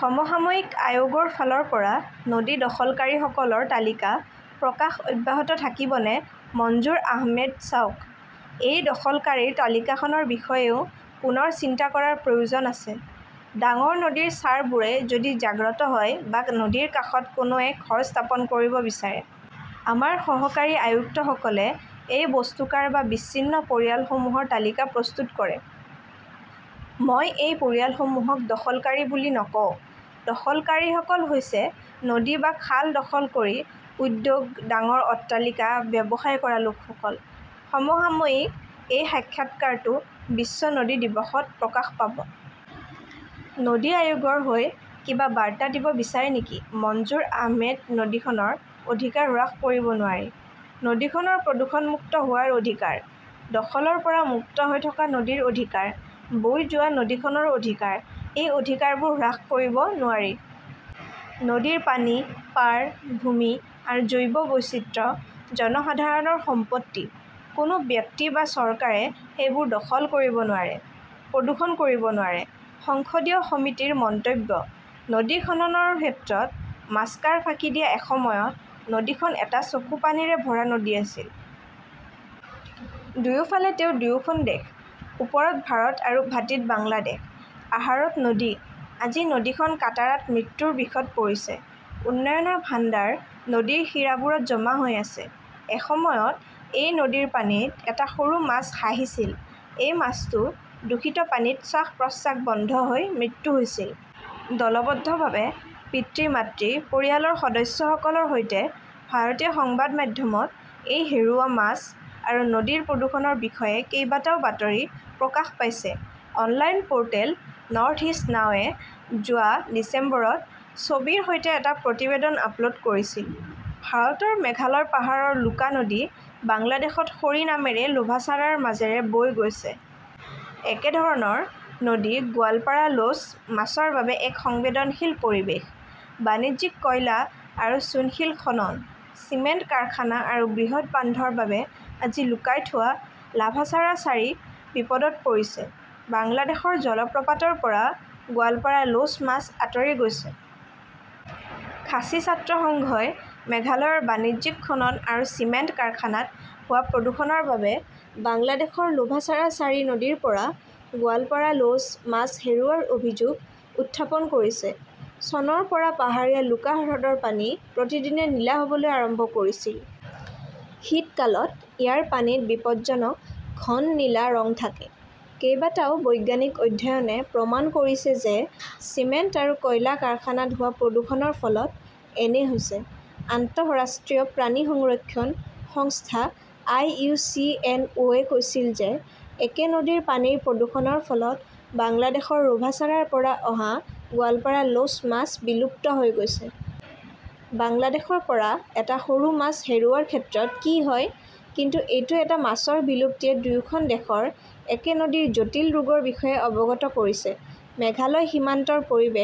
সমসাময়িকঃ আয়োগৰ ফালৰ পৰা নদী দখলকাৰীসকলৰ তালিকা প্ৰকাশ অব্যাহত থাকিবনে মনজুৰ আহমেদঃ চাওক, এই দখলকাৰীৰ তালিকাখনৰ বিষয়েও পুনৰ চিন্তা কৰাৰ প্ৰয়োজন আছে। ডাঙৰ নদীৰ চাৰবোৰে যদি জাগ্ৰত হয় বা নদীৰ কাষত কোনোৱে ঘৰ স্থাপন কৰিব পাৰে। আমাৰ সহকাৰী আয়ুক্তসকলে এই বস্তুকাৰ বা বিচ্ছিন্ন পৰিয়ালসমূহৰ তালিকা প্ৰস্তুত কৰে। মই এই পৰিয়ালসমূহক দখলকাৰী বুলি নকওঁ। দখলকাৰীসকল হৈছে নদী বা খাল দখল কৰি উদ্যোগ, ডাঙৰ অট্টালিকা, ব্যৱসায় কৰা লোকসকল। সমসাময়িকঃ এই সাক্ষাৎকাৰটো বিশ্ব নদী দিৱসত প্ৰকাশ পাব। নদী আয়োগৰ হৈ কিবা বাৰ্তা দিব বিচাৰে নেকি মনজুৰ আহমেদঃ নদীখনৰ অধিকাৰ হ্ৰাস কৰিব নোৱাৰি। নদীখনৰ প্ৰদূষণমুক্ত হোৱাৰ অধিকাৰ। দখলৰ পৰা মুক্ত হৈ থকা নদীৰ অধিকাৰ। বৈ যোৱা নদীখনৰ অধিকাৰ। এই অধিকাৰবোৰ হ্ৰাস কৰিব নোৱাৰি। নদীৰ পানী, পাৰ, ভূমি আৰু জৈৱ বৈচিত্ৰ্য জনসাধাৰণৰ সম্পত্তি। কোনো ব্যক্তি বা চৰকাৰে সেইবোৰ দখল কৰিব নোৱাৰে, প্ৰদূষণ কৰিব নোৱাৰে। সংসদীয় সমিতিৰ মন্তব্যঃ নদী খননৰ ক্ষেত্ৰত মাস্কাৰ ফাঁকি দিয়া এসময়ত, নদীখন এটা চকুপানীৰে ভৰা নদী আছিল। দুয়োফালে তেওঁৰ দুয়োখন দেশ। ওপৰত ভাৰত আৰু ভাটীত বাংলাদেশ। আহাৰত নদী! আজি নদীখন কাটাৰাত মৃত্যুৰ বিষত পৰিছে। উন্নয়নৰ ভাণ্ডাৰ নদীৰ শিৰাবোৰত জমা হৈ আছে। এসময়ত এই নদীৰ পানীত এটা সৰু মাছ হাঁহিছিল। এই মাছটো দূষিত পানীত শ্বাস-প্ৰশ্বাস বন্ধ হৈ মৃত্যু হৈছিল। দলবদ্ধভাৱে, পিতৃ-মাতৃ, পৰিয়ালৰ সদস্যসকলৰ সৈতে। ভাৰতীয় সংবাদ মাধ্যমত এই হেৰুওৱা মাছ আৰু নদীৰ প্ৰদূষণৰ বিষয়ে কেইবাটাও বাতৰি প্ৰকাশ পাইছে। অনলাইন প’ৰ্টেল নৰ্থইষ্টনাউ এ যোৱা ডিচেম্বৰত ছবিৰ সৈতে এটা প্ৰতিবেদন আপলোড কৰিছিল। ভাৰতৰ মেঘালয় পাহাৰৰ লুকা নদী বাংলাদেশত সৰী নামেৰে লোভাছাৰাৰ মাজেৰে বৈ গৈছে। একেধৰণৰ নদী 'গোৱালপাড়া লোচ "মাছৰ বাবে এক সংবেদনশীল পৰিৱেশ। বাণিজ্যিক কয়লা আৰু চূণশিল খনন, চিমেণ্ট কাৰখানা আৰু বৃহৎ বান্ধৰ বাবে আজি লুকাই থোৱা লোভাছাৰা-ছাৰী বিপদত পৰিছে। বাংলাদেশৰ জলপ্ৰপাতৰ পৰা 'গোৱালপাৰা লোচ মাছ আঁতৰি গৈছে। খাচী ছাত্ৰ সংঘই মেঘালয়ৰ বাণিজ্যিক খনন আৰু চিমেণ্ট কাৰখানাত হোৱা প্ৰদূষণৰ বাবে বাংলাদেশৰ লোভাচাৰা-ছাৰী নদীৰ পৰা 'গোৱালপাৰা লোচ "মাছ হেৰুওৱাৰ অভিযোগ উত্থাপন কৰিছে। চনৰ পৰা পাহাৰীয়া লুকা হ্ৰদৰ পানী প্ৰতিদিনে নীলা হ 'বলৈ আৰম্ভ কৰিছিল। শীতকালত ইয়াৰ পানীত বিপদজনক ঘন নীলা ৰং থাকে। কেইবাটাও বৈজ্ঞানিক অধ্যয়নে প্ৰমাণ কৰিছে যে চিমেণ্ট আৰু কয়লা কাৰখানাত হোৱা প্ৰদূষণৰ ফলত এনে হৈছে। আন্তঃৰাষ্ট্ৰীয় প্ৰাণী সংৰক্ষণ সংস্থা আই. ইউ. চি. এন. ও কৈছিল যে একে নদীৰ পানীৰ প্ৰদূষণৰ ফলত বাংলাদেশৰ লোভাচাৰাৰ পৰা অহা গোৱালপাড়া লোচ মাছ বিলুপ্ত হৈ গৈছে। বাংলাদেশৰ পৰা এটা সৰু মাছ হেৰুওৱাৰ ক্ষেত্ৰত কি হয় কিন্তু এইটো এটা মাছৰ বিলুপ্তিয়ে দুয়োখন দেশৰ একে নদীৰ জটিল ৰোগৰ বিষয়ে অৱগত কৰিছে। মেঘালয় সীমান্তৰ পৰিৱেশ